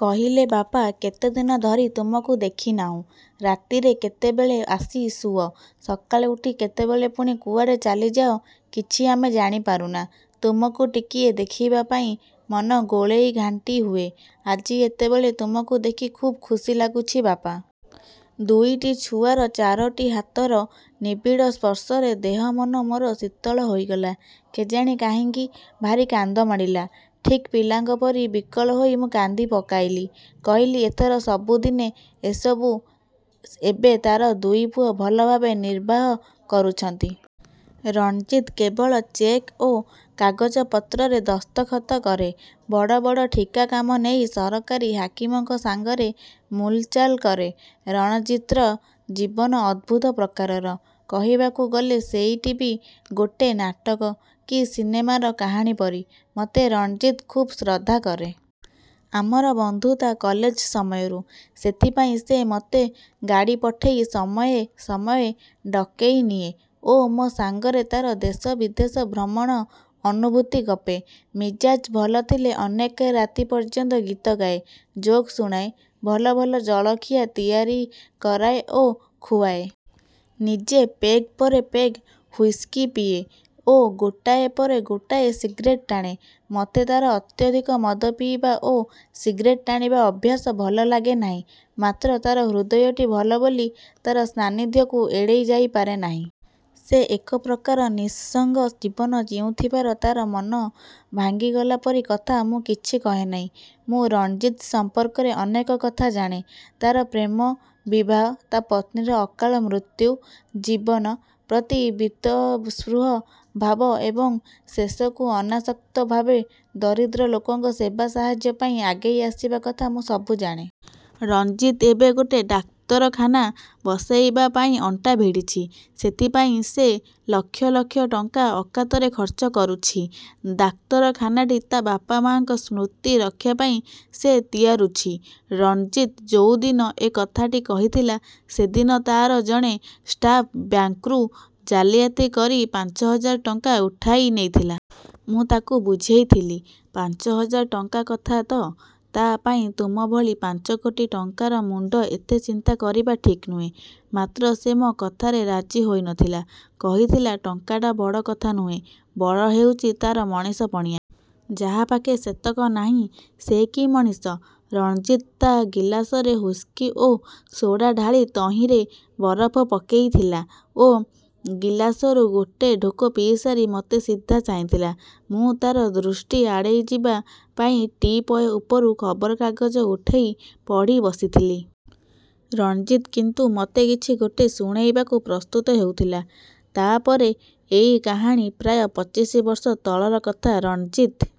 କହିଲେ-ବାପା, କେତେଦିନ ଧରି ତୁମକୁ ଦେଖିନାହୁଁ। ରାତିରେ କେତେବେଳେ ଆସି ଶୁଅ, ସକାଳେ ଉଠି କେତେବେଳେ ପୁଣି କୁଆଡ଼େ ଚାଲିଯାଅ, କିଛି ଆମେ ଜାଣିପାରୁନା। ତୁମକୁ ଟିକିଏ ଦେଖିବାପାଇଁ ମନ ଗୋଳେଇ ଘାଣ୍ଟି ହୁଏ। ଆଜି ଏତେବେଳେ ତୁମକୁ ଦେଖି ଖୁବ୍ ଖୁସି ଲାଗୁଛି ବାପା। ଦୁଇଟି ଛୁଆର ଚାରୋଟି ହାତର ନିବୀଡ଼ ସ୍ପର୍ଶରେ ଦେହ ମନ ମୋର ଶୀତଳ ହୋଇଗଲା। କେଜାଣି କାହିଁକି ଭାରି କାନ୍ଦମାଡ଼ିଲା। ଠିକ୍ ପିଲାଙ୍କ ପରି ବିକଳ ହୋଇ ମୁଁ କାନ୍ଦିପକାଇଲି। କହିଲି-ଏଥର ସବୁଦିନେ। ଏସବୁ ଏବେ ତାର ଦୁଇ ପୁଅ ଭଲ ଭାବେ ନିର୍ବାହ କରୁଛନ୍ତି। ରଣଜିତ୍ କେବଳ ଚେକ୍ ଓ କାଗଜପତ୍ରରେ ଦସ୍ତଖତ କରେ, ବଡ଼ ବଡ଼ ଠିକା କାମ ନେଇ ସରକାରୀ ହାକିମଙ୍କ ସାଙ୍ଗରେ ମୂଲଚାଲ କରେ। ରଣଜିତ୍ର ଜୀବନ ଅଦ୍ଭୁତ ପ୍ରକାରର। କହିବାକୁ ଗଲେ ସେଇଟି ବି ଗୋଟେ ନାଟକ କି ସିନେମାର କାହାଣୀ ପରି। ମୋତେ ରଣଜିତ୍ ଖୁବ୍ ଶ୍ରଦ୍ଧା କରେ। ଆମର ବନ୍ଧୁତା କଲେଜ ସମୟରୁ। ସେଥିପାଇଁ ସେ ମୋତେ ଗାଡ଼ି ପଠେଇ ସମୟେ ସମୟେ ଡକେଇ ନିଏ ଓ ମୋ ସାଙ୍ଗରେ ତାର ଦେଶ-ବିଦେଶ ଭ୍ରମଣ ଅନୁଭୂତି ଗପେ। ମିଜାଜ୍ ଭଲ ଥିଲେ ଅନେକ ରାତି ପର୍ଯ୍ୟନ୍ତ ଗୀତ ଗାଏ, ଜୋକ୍ ଶୁଣାଏ, ଭଲ ଭଲ ଜଳଖିଆ ତିଆରି କରାଏ ଓ ଖୁଆଏ। ନିଜେ ପେଗ୍ ପରେ ପେଗ୍ ହ୍ୱିସ୍କି ପିଏ ଓ ଗୋଟାଏ ପରେ ଗୋଟାଏ ସିଗ୍ରେଟ୍ ଟାଣେ। ମୋତେ ତାର ଅତ୍ୟଧିକ ମଦ ପିଇବା ଓ ସିଗ୍ରେଟ୍ ଟାଣିବା ଅଭ୍ୟାସ ଭଲ ଲାଗେ ନାହିଁ, ମାତ୍ର ତାର ହୃଦୟଟି ଭଲ ବୋଲି ତାର ସାନ୍ନିଧ୍ୟକୁ ଏଡ଼େଇ ଯାଇପାରେ ନାହିଁ। ସେ ଏକ ପ୍ରକାର ନିଃସଙ୍ଗ ଜୀବନ ଜିଉଁଥିବାରୁ ତାର ମନ ଭାଙ୍ଗିଗଲା ପରି କଥା ମୁଁ କିଛି କହେ ନାହିଁ। ମୁଁ ରଣଜିତ୍ ସଂପର୍କରେ ଅନେକ କଥା ଜାଣେ। ତାର ପ୍ରେମ, ବିବାହ, ତା ପତ୍ନୀର ଅକାଳ ମୃତ୍ୟୁ, ଜୀବନ ପ୍ରତି ବୀତସ୍ପୃହ ଭାବ ଏବଂ ଶେଷକୁ ଅନାସକ୍ତ ଭାବେ ଦରିଦ୍ର ଲୋକଙ୍କ ସେବା-ସାହାଯ୍ୟ ପାଇଁ ଆଗେଇ ଆସିବା କଥା ସବୁ ମୁଁ ଜାଣେ। ରଣଜିତ୍ ଏବେ ଗୋଟେ ଡାକ୍ତରଖାନା ବସେଇବା ପାଇଁ ଅଣ୍ଟା ଭିଡ଼ିଛି। ସେଥିପାଇଁ ସେ ଲକ୍ଷ ଲକ୍ଷ ଟଙ୍କା ଅକାତରେ ଖର୍ଚ୍ଚ କରୁଛି। ଡାକ୍ତରଖାନାଟି ତା ବାପା ମାଆଙ୍କ ସ୍ମୃତି ରକ୍ଷା ପାଇଁ ସେ ତିଆରୁଛି। ରଣଜିତ୍ ଯୋଉଦିନ ଏ କଥାଟି କହିଥିଲା ସେଦିନ ତାର ଜଣେ ଷ୍ଟାଫ୍ ବ୍ୟାଙ୍କ୍ରୁ ଜାଲିଆତି କରି ପାଞ୍ଚହଜାର ଟଙ୍କା ଉଠେଇ ନେଇଥିଲା। ମୁଁ ତାକୁ ବୁଝେଇଥିଲି, ପାଞ୍ଚହଜାର ଟଙ୍କା କଥା ତ! ତା ପାଇଁ ତୁମ ଭଳି ପାଞ୍ଚକୋଟି ଟଙ୍କାର ମୁଣ୍ଡ ଏତେ ଚିନ୍ତା କରିବା ଠିକ୍ ନୁହେଁ। ମାତ୍ର ସେ ମୋ କଥାରେ ରାଜି ହୋଇ ନଥିଲା। କହିଥିଲା, 'ଟଙ୍କାଟା ବଡ଼ କଥା ନୁହେଁ, ବଡ଼ ହେଉଛି ତାର ମଣିଷପଣିଆ। ଯାହା ପାଖେ ସେତକ ନାହିଁ ସେ କି ମଣିଷ! ' ରଣଜିତ୍ ତା ଗିଲାସରେ ହ୍ୱିସ୍କି ଓ ସୋଡ଼ା ଢାଳି ତହିଁରେ ବରଫ ପକେଇଥିଲା ଓ ଗିଲାସରୁ ଗୋଟେ ଢୋକ ପିଇସାରି ମୋତେ ସିଧା ଚାହିଁଥିଲା। ମୁଁ ତାର ଦୃଷ୍ଟି ଆଡ଼େଇଯିବା ପାଇଁ ଟି-ପୟ ଉପରୁ ଖବରକାଗଜ ଉଠେଇ ପଢ଼ି ବସିଥିଲି। ରଣଜିତ୍ କିନ୍ତୁ ମୋତେ କିଛି ଗୋଟେ ଶୁଣେଇବାକୁ ପ୍ରସ୍ତୁତ ହେଉଥିଲା। ତା'ପରେ ଏଇ କାହାଣୀ। ପ୍ରାୟ ପଚିଶ ବର୍ଷ ତଳର କଥା। ରଣଜିତ୍